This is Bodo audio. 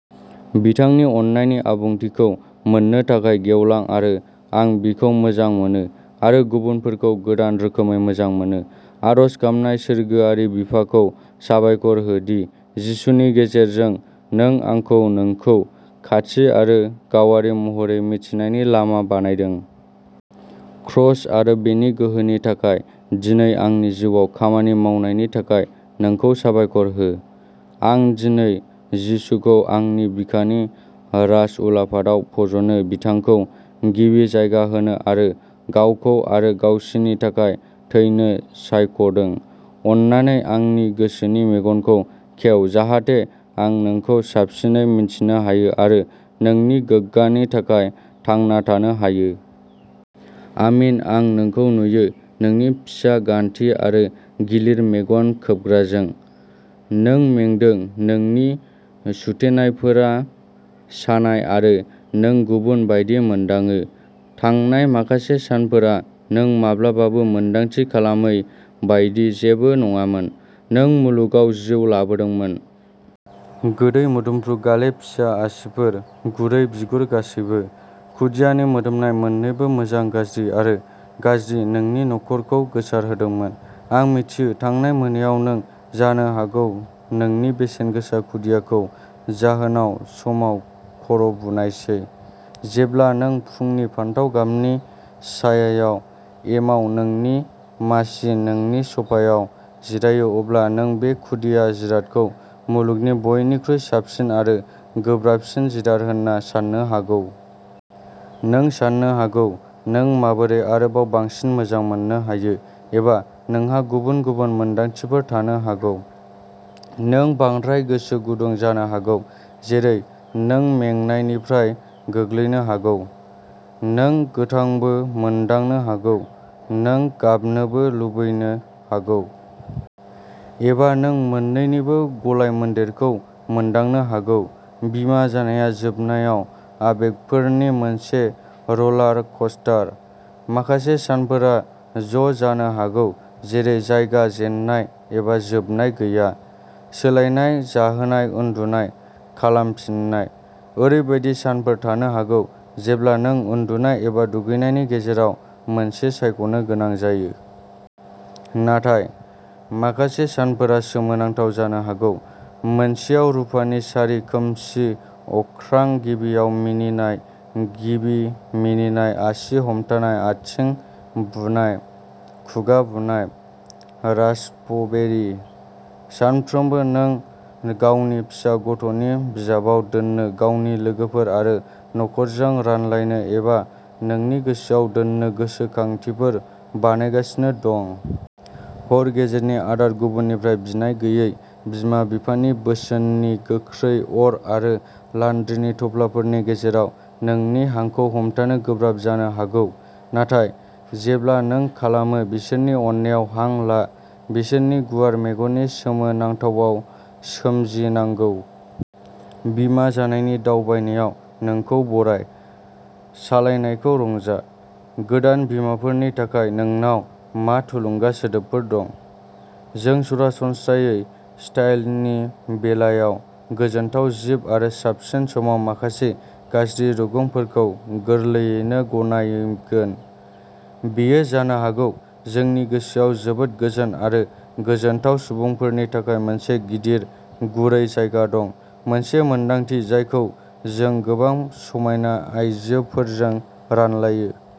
बिथांनि अननायनि आबुंथिखौ मोन्नो थाखाय गेवलां आरो आं बिखौ मोजां मोनो आरो गुबुनफोरखौ गोदान रोखोमै मोजां मोनो। आरज गाबनाय सोरगोआरि बिफाखौ साबायखर हो दि जिसुनि गेजेरजों नों आंखौ नोंखौ खाथि आरो गावारि महरै मिथिनायनि लामा बानायदों। क्रस आरो बेनि गोहोनि थाखाय दिनै आंनि जिउआव खामानि मावनायनि थाखाय नोंखौ साबायखर हो। आं दिनै जिसुखौ आंनि बिखानि राजउलाफादाव फज'नो बिथांखौ गिबि जायगा होनो आरो गावखौ आरो गावसिनि थाखाय थैनो सायख'दों अन्नानै आंनि गोसोनि मेगनखौ खेव जाहाथे आं नोंखौ साबसिनै मिन्थिनो हायो आरो नोंनि गोग्गानि थाखाय थांना थानो हायो। आमीन आं नोंखौ नुयो नोंनि फिसा गान्थि आरो गिलिर मेगन खोबग्राजों। नों मेंदों नोंनि सुथेनायफोरा सानाय आरो नों गुबुन बायदि मोनदाङो। थांनाय माखासे सानफोरा नों माब्लाबाबो मोन्दांथि खालामै बायदि जेबो नङामोन। नों मुलुगाव जिउ लाबोदोंमोन। गोदै मोदोमफ्रु गाले फिसा आसिफोर गुरै बिगुर गासैबो। खुदियानि मोदोमनाय मोन्नैबो मोजां गाज्रि आरो गाज्रि नोंनि न'खरखौ गोसारहोदोंमोन। आं मिथियो थांनाय मोनायाव नों जानो हागौ नोंनि बेसेनगोसा खुदियाखौ जाहोनाय समाव खर'बुनायसै। जेब्ला नों फुंनि फान्थाव गाबनि सायायाव एमाव नोंनि मासि नोंनि सोफायाव जिरायो अब्ला नों बे खुदिया जिरादखौ मुलुगनि बयनिख्रुइ साबसिन आरो गोब्राबसिन जिराद होनना साननो हागौ। नों साननो हागौ नों माबोरै आरोबाव बांसिन मोजां मोननो हायो एबा नोंहा गुबुन गुबुन मोनदांथिफोर थानो हागौ। नों बांद्राय गोसो गुदुं जानो हागौ जेरै नों मेंनायनिफ्राय गोग्लैनो हागौ। नों गोथांबो मोनदांनो हागौ। नों गाबनोबो लुबैनो हागौ। एबा नों मोन्नैनिबो गलायमोन्देरखौ मोनदांनो हागौ। बिमा जानाया जोबनायाव आबेगफोरनि मोनसे र'लार कस्टार। माखासे सानफोरा ज'जानो हागौ जेरै जागाय जेननाय एबा जोबनाय गैया। सोलायनाय जाहोनाय उन्दुनाय, खालामफिननाय। ओरैबायदि सानफोर थानो हागौ जेब्ला नों उन्दुनाय एबा दुगैनायनि गेजेराव मोनसे सायख'नो गोनां जायो। नाथाय, माखासे सानफोरा सोमोनांथाव जानो हागौ मोनसेआव रुफानि सारि खोमसि अख्रां गिबियाव मिनिनाय गिबि मिनिनाय आसि हमथानाय आथिं बुनाय खुगा बुनाय रास्पबेरी। सानफ्रोमबो नों गावनि फिसा गथ'नि बिजाबाव दोन्नो गावनि लोगोफोर आरो नखरजों रानलायनो एबा नोंनि गोसोआव दोननो गोसोखांथिफोर बानायगासिनो दं। हर गेजेरनि आदार गुबुनफोरनिफ्राय बिनाय गैयै बिमा बिफानि बोसोननि गोख्रै अर आरो लान्ड्रीनि थफ्लाफोरनि गेजेराव नोंनि हांखौ हमथानो गोब्राब जानो हागौ। नाथाय जेब्ला नों खालामो बिसोरनि अननायाव हां ला। बिसोरनि गुवार मेगननि सोमोनांथावाव सोमजिनांगौ। बिमा जानायनि दावबायनायाव नोंखौ बराय। सालायनायखौ रंजा। गोदान बिमाफोरनि थाखाय नोंनाव मा थुलुंगा सोदोबफोर दं? जों सरासनस्रायै स्टाइलनि बेलायाव गोजोनथाव जिब आरो साबसिन समाव माखासे गाज्रि रुगुंफोरखौ गोरलैयैनो गनायगोन। बेयो जानो हागौ जोंनि गोसोआव जोबोद गोजोन आरो गोजोनथाव सुबुंफोरनि थाखाय मोनसे गिदिर गुरै जायगा दं, मोनसे मोनदांथि जायखौ जों गोबां समायना आइजोफोरजों रानलायो।